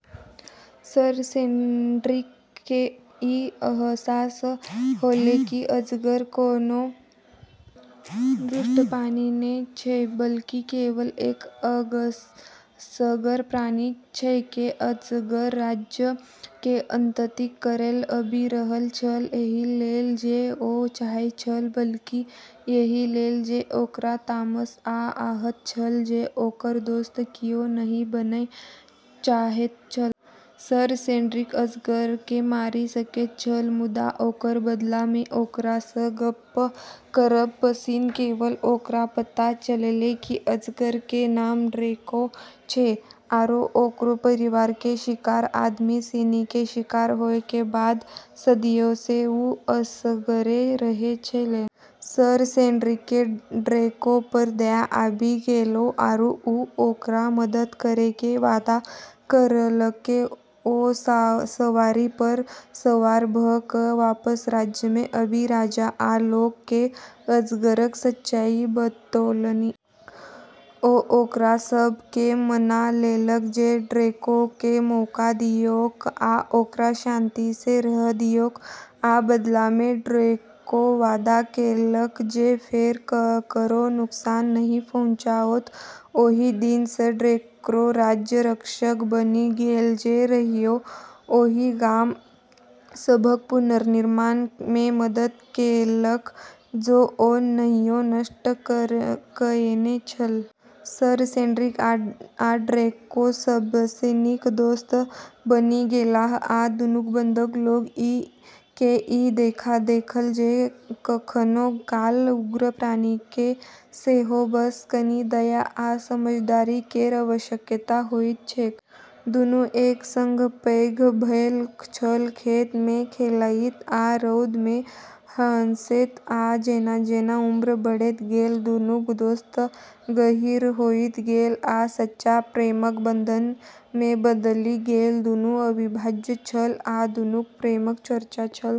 Sir Cedric केॅ ई अहसास होलै कि अजगर कोनो दुष्ट प्राणी नै छै, बल्कि केवल एक असगर प्राणी छेकै। अजगर राज्य के आतंकित करैत आबि रहल छल, एहि लेल जे ओ चाहैत छल, बल्कि एहि लेल जे ओकरा तामस आ आहत छल जे ओकर दोस्त कियो नहि बनय चाहैत छल। सर सेड्रिक अजगर के मारि सकैत छल, मुदा ओकर बदला मे ओकरा सं गप्प करब पसिन केलक. ओकरा पता चललै कि अजगर के नाम ड्रैको छै, आरो ओकरोॅ परिवार के शिकार आदमी सिनी के शिकार होय के बाद सदियो सें वू असगरे रहै छेलै। सर सेड्रिक क॑ ड्रैको पर दया आबी गेलै आरू वू ओकरा मदद करै के वादा करलकै। ओ सवारी पर सवार भ' क' वापस राज्य मे आबि राजा आ लोक केँ अजगरक सच्चाई बतौलनि। ओ ओकरा सभ केँ मना लेलक जे ड्रैको केँ मौका दियौक आ ओकरा शांति सँ रहय दियौक, आ बदला मे ड्रैको वादा केलक जे फेर ककरो नुकसान नहि पहुँचाओत। ओहि दिन सँ ड्रैको राज्यक रक्षक बनि गेल, जे कहियो ओहि गाम सभक पुनर्निर्माण मे मदद केलक जे ओ कहियो नष्ट कएने छल। सर सेड्रिक आ ड्रैको सबसँ नीक दोस्त बनि गेलाह, आ दुनूक बंधन लोक केँ ई देखा देलक जे कखनो काल, उग्र प्राणी केँ सेहो बस कनि दया आ समझदारी केर आवश्यकता होइत छैक। दुनू एक संग पैघ भेल छल, खेत मे खेलाइत आ रौद मे हँसैत, आ जेना-जेना उम्र बढ़ैत गेल, दुनूक दोस्ती गहींर होइत गेल आ सच्चा प्रेमक बंधन मे बदलि गेल। दुनू अविभाज्य छल, आ दुनूक प्रेमक चर्चा छल।